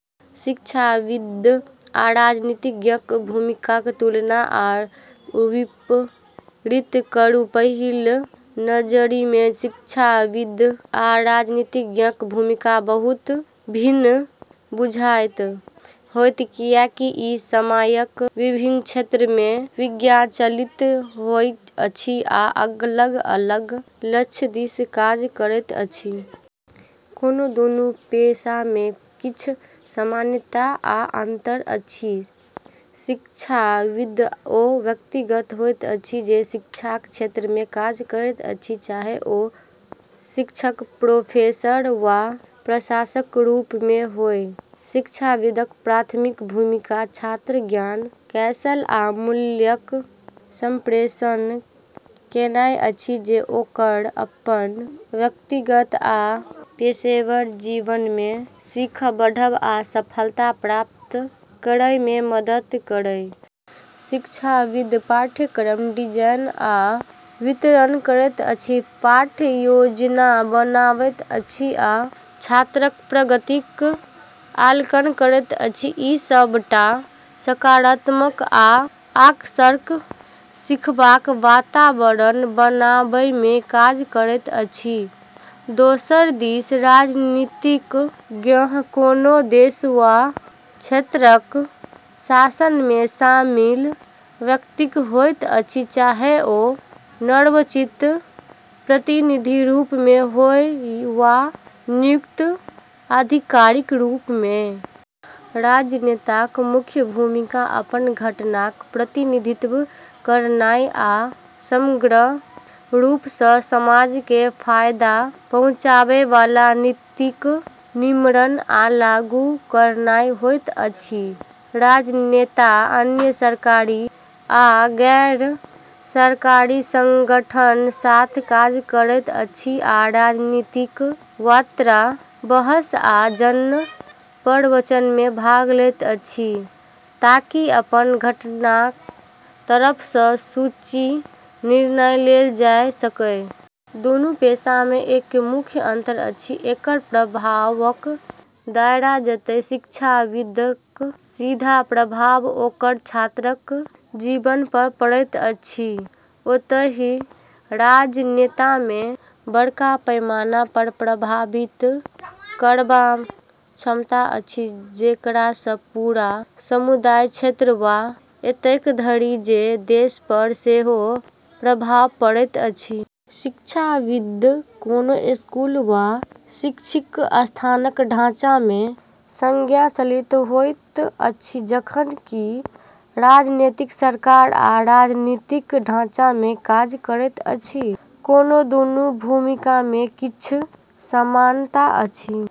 शिक्षाविद आ राजनीतिज्ञक भूमिकाक तुलना आ विपरीत करू। पहिल नजरिमे शिक्षाविद आ राजनीतिज्ञक भूमिका बहुत भिन्न बुझाइत होयत, किएकि ई समाजक विभिन्न क्षेत्रमे सञ्चालित होइत अछि आ अलग-अलग लक्ष्य दिस काज करैत अछि। ओना दूनू पेशामे किछु समानता आ अन्तर अछि। शिक्षाविद ओ व्यक्ति होइत अछि जे शिक्षाक क्षेत्रमे काज करैत अछि, चाहे ओ शिक्षक, प्रोफेसर वा प्रशासकक रूपमे होय। शिक्षाविदक प्राथमिक भूमिका छात्रक ज्ञान, कौशल आ मूल्यक सम्प्रेषण करनाइ अछि, जे ओकरा अपन व्यक्तिगत आ पेशेवर जीवनमे सिखब, बढ़ब आ सफलता प्राप्त करैमे मदद करय। शिक्षाविद पाठ्यक्रमक डिजाइन आ वितरण करैत अछि, पाठ योजना बनाबैत अछि, आ छात्रक प्रगतिक आकलन करैत अछि, ई सबटा सकारात्मक आ आकर्षक सिखबाक वातावरण बनाबैमे काज करैत अछि। दोसर दिस राजनीतिज्ञ कोनो देश वा क्षेत्रक शासनमे शामिल व्यक्ति होइत अछि, चाहे ओ निर्वाचित प्रतिनिधि रूपमे होय वा नियुक्त अधिकारीक रूपमे। राजनेताक मुख्य भूमिका अपन घटकक प्रतिनिधित्व करनाइ आ समग्र रूपसँ समाजकेँ फायदा पहुँचाबै वाला नीतिक निर्माण आ लागू करनाइ होइत अछि। राजनेता अन्य सरकारी आ गैर-सरकारी सङ्गठनक साथ काज करैत अछि आ राजनीतिक वार्ता, बहस आ जन-प्रवचनमे भाग लेत अछि, ताकि अपन घटकक तरफसँ सूचित निर्णय लेल जाय सकय। दूनू पेशामे एकटा प्रमुख अन्तर अछि एकर प्रभावक दायरा। जतय शिक्षाविदक सीधा प्रभाव ओकर छात्रक जीवनपर पड़ैत अछि, ओतही राजनेतामे परिवर्तनकेँ बड़का पैमानापर प्रभावित करबाक क्षमता अछि, जेकरासँ पूरा समुदाय, क्षेत्र, वा एतेक धरि जे देशपर सेहो प्रभाव पड़ैत अछि। शिक्षाविद कोनो स्कूल वा शैक्षणिक संस्थानक ढाँचामे सञ्चालित होइत छथि, जखन कि राजनेता सरकार आ राजनीतिक ढाँचामे काज करैत छथि। ओना दूनू भूमिकामे किछु समानता अछि।